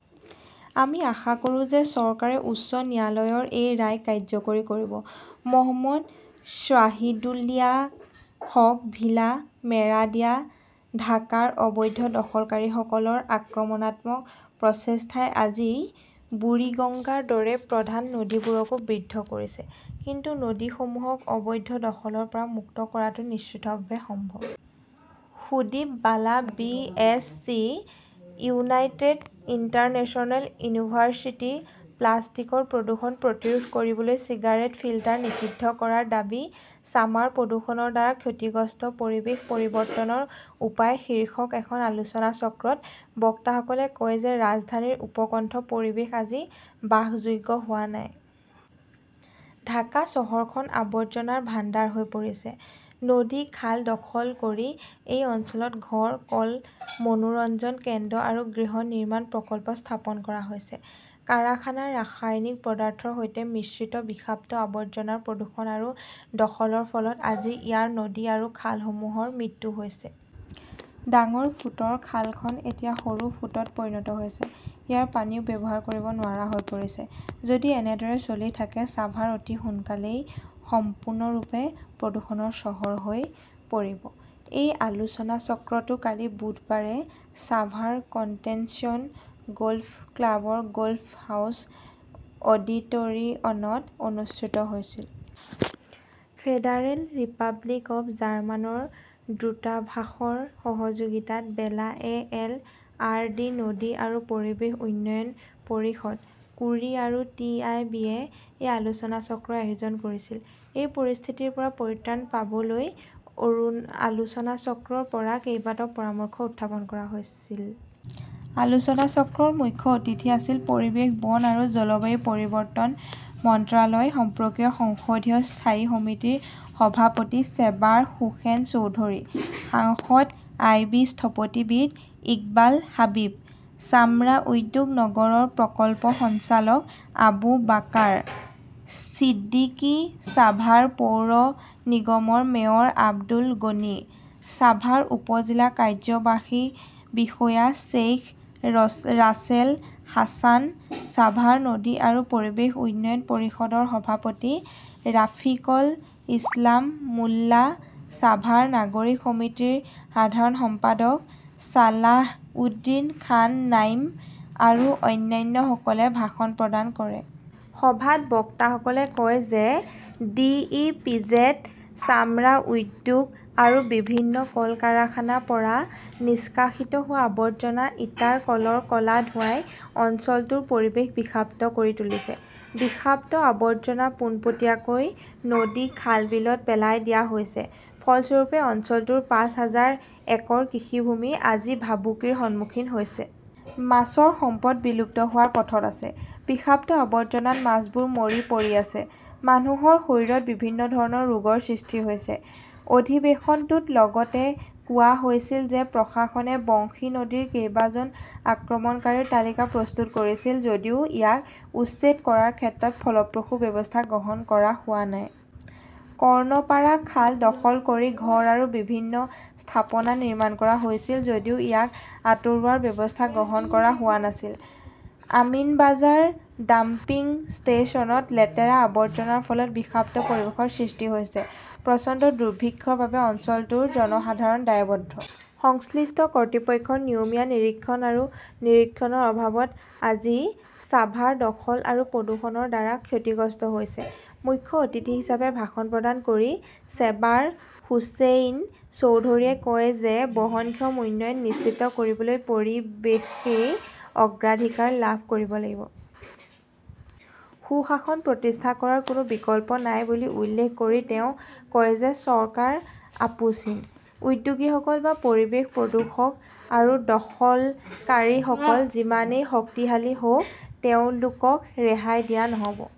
আমি আশা কৰোঁ যে চৰকাৰে উচ্চ ন্যায়ালয়ৰ এই ৰায় কাৰ্যকৰী কৰিব। মহম্মদ শ্বাহিদুলিয়া হক ভিলা, মেৰাদিয়া, ঢাকাৰ অবৈধ দখলকাৰীসকলৰ আক্ৰমণাত্মক প্ৰচেষ্টাই আজি বুৰিগঙ্গাৰ দৰে প্ৰধান নদীবোৰকো 'বৃদ্ধ' কৰিছে। কিন্তু নদীসমূহক অবৈধ দখলৰ পৰা মুক্ত কৰাটো নিশ্চিতভাৱে সম্ভৱ। Sudip Bala B. S. C. United International University, প্লাষ্টিকৰ প্ৰদূষণ প্ৰতিৰোধ কৰিবলৈ চিগাৰেট ফিল্টাৰ নিষিদ্ধ কৰাৰ দাবী ছামাৰ প্ৰদূষণৰ দ্বাৰা ক্ষতিগ্ৰস্ত পৰিবেশ পৰিৱৰ্তনৰ উপায় শীৰ্ষক এখন আলোচনাচক্ৰত বক্তাসকলে কয় যে ৰাজধানীৰ উপকণ্ঠ পৰিৱেশ আজি বাসযোগ্য হোৱা নাই। ঢাকা চহৰখন আবৰ্জনাৰ ভাণ্ডাৰ হৈ পৰিছে। নদী, খাল দখল কৰি এই অঞ্চলত ঘৰ, কল, মনোৰঞ্জন কেন্দ্ৰ আৰু গৃহ নিৰ্মাণ প্ৰকল্প স্থাপন কৰা হৈছে। কাৰখানাৰ ৰাসায়নিক পদাৰ্থৰ সৈতে মিশ্ৰিত বিষাক্ত আৱৰ্জনাৰ প্ৰদূষণ আৰু দখলৰ ফলত আজি ইয়াৰ নদী আৰু খালসমূহৰ মৃত্যু হৈছে। ডাঙৰ ফুটৰ খালখন এতিয়া সৰু ফুটত পৰিণত হৈছে। ইয়াৰ পানীও ব্যৱহাৰ কৰিব নোৱাৰা হৈ পৰিছে। যদি এনেদৰে চলি থাকে, ছাভাৰ অতি সোনকালেই সম্পূৰ্ণৰূপে প্ৰদূষণৰ চহৰ হৈ পৰিব। এই আলোচনাচক্ৰটো কালি বুধবাৰে ছাভাৰ কনটেনশ্যন গ'ল্ফ ক্লাবৰ গ'ল্ফ হাউচ অডিটৰিয়নত অনুষ্ঠিত হৈছিল। ফেডাৰেল ৰিপাব্লিক অৱ জাৰ্মানৰ দূতাবাসৰ সহযোগিতাত বেলা, এ. এল. আৰ. ডি., নদী আৰু পৰিৱেশ উন্নয়ন পৰিষদ, কোৰি আৰু টি. আই. বি. -য়ে এই আলোচনাচক্ৰৰ আয়োজন কৰিছিল। এই পৰিস্থিতিৰ পৰা পৰিত্ৰাণ পাবলৈ আলোচনাচক্ৰৰ পৰা কেইবাটাও পৰামৰ্শ উত্থাপন কৰা হৈছিল। আলোচনাচক্ৰৰ মুখ্য অতিথি আছিল পৰিৱেশ, বন আৰু জলবায়ু পৰিৱৰ্তন মন্ত্ৰালয় সম্পৰ্কীয় সংসদীয় স্থায়ী সমিতিৰ সভাপতি চেবাৰ হোসেন চৌধুৰী ,সাংসদ আই. বি. স্থপতিবিদ ইকবাল হাবিব, চামৰা উদ্যোগ নগৰৰ প্ৰকল্প সঞ্চালক আবু বাকাৰ ছিদ্দিকী, ছাভাৰ পৌৰ নিগমৰ মেয়ৰ আব্দুল গনি, ছাভাৰ উপ-জিলা কাৰ্যবাহী বিষয়া শ্বেইখ ৰাছেল হাছান, ছাভাৰ নদী আৰু পৰিৱেশ উন্নয়ন পৰিষদৰ সভাপতি ৰাফিকল ইছলাম মোল্লা, ছাভাৰ নাগৰিক সমিতিৰ সাধাৰণ সম্পাদক ছালাহউদ্দিন খান নাইম আৰু অন্যান্যসকলে ভাষণ প্ৰদান কৰে। সভাত বক্তাসকলে কয় যে ডিইপিজেড, চামৰা উদ্যোগ আৰু বিভিন্ন কল-কাৰখানা পৰা নিষ্কাশিত হোৱা আৱৰ্জনা, ইটাৰ কলৰ ক'লা ধোঁৱাই অঞ্চলটোৰ পৰিৱেশ বিষাক্ত কৰি তুলিছে। বিষাক্ত আৱৰ্জনা পোনপটীয়াকৈ নদী, খাল-বিলত পেলাই দিয়া হৈছে। ফলস্বৰূপে অঞ্চলটোৰ পাঁচ হাজাৰ একৰ কৃষিভূমি আজি ভাবুকিৰ সন্মুখীন হৈছে। মাছৰ সম্পদ বিলুপ্ত হোৱাৰ পথত আছে। বিষাক্ত আৱৰ্জনাত মাছবোৰ মৰি পৰি আছে। মানুহৰ শৰীৰত বিভিন্ন ধৰণৰ ৰোগৰ সৃষ্টি হৈছে। অধিৱেশনটোত লগতে কোৱা হৈছিল যে প্ৰশাসনে বংশী নদীৰ কেইবাজন আক্ৰমণকাৰীৰ তালিকা প্ৰস্তুত কৰিছিল যদিও ইয়াক উচ্ছেদ কৰাৰ ক্ষেত্ৰত ফলপ্ৰসূ ব্যৱস্থা গ্ৰহণ কৰা হোৱা নাই। কৰ্ণপাৰা খাল দখল কৰি ঘৰ আৰু বিভিন্ন স্থাপনা নিৰ্মাণ কৰা হৈছিল যদিও ইয়াক আঁতৰোৱাৰ ব্যৱস্থা গ্ৰহণ কৰা হোৱা নাছিল। আমিনবাজাৰ ডাম্পিং ষ্টেচনত লেতেৰা আৱৰ্জনাৰ ফলত বিষাক্ত পৰিৱেশৰ সৃষ্টি হৈছে। প্ৰচণ্ড দুৰ্ভিক্ষৰ বাবে অঞ্চলটোৰ জনসাধাৰণ দায়বদ্ধ। সংশ্লিষ্ট কৰ্তৃপক্ষৰ নিয়মীয়া নিৰীক্ষণ আৰু নিৰীক্ষণৰ অভাৱত আজি ছাভাৰ দখল আৰু প্ৰদূষণৰ দ্বাৰা ক্ষতিগ্ৰস্ত হৈছে। মুখ্য অতিথি হিচাপে ভাষণ প্ৰদান কৰি চেবাৰ হুছেইন চৌধুৰীয়ে কয় যে বহনক্ষম উন্নয়ন নিশ্চিত কৰিবলৈ পৰিৱেশই অগ্ৰাধিকাৰ লাভ কৰিব লাগিব। সুশাসন প্ৰতিষ্ঠা কৰাৰ কোনো বিকল্প নাই বুলি উল্লেখ কৰি তেওঁ কয় যে চৰকাৰ আপোচহীন। উদ্যোগীসকল বা পৰিৱেশ প্ৰদূষক আৰু দখলকাৰীসকল যিমানেই শক্তিশালী হওক, তেওঁলোকক ৰেহাই দিয়া নহ'ব।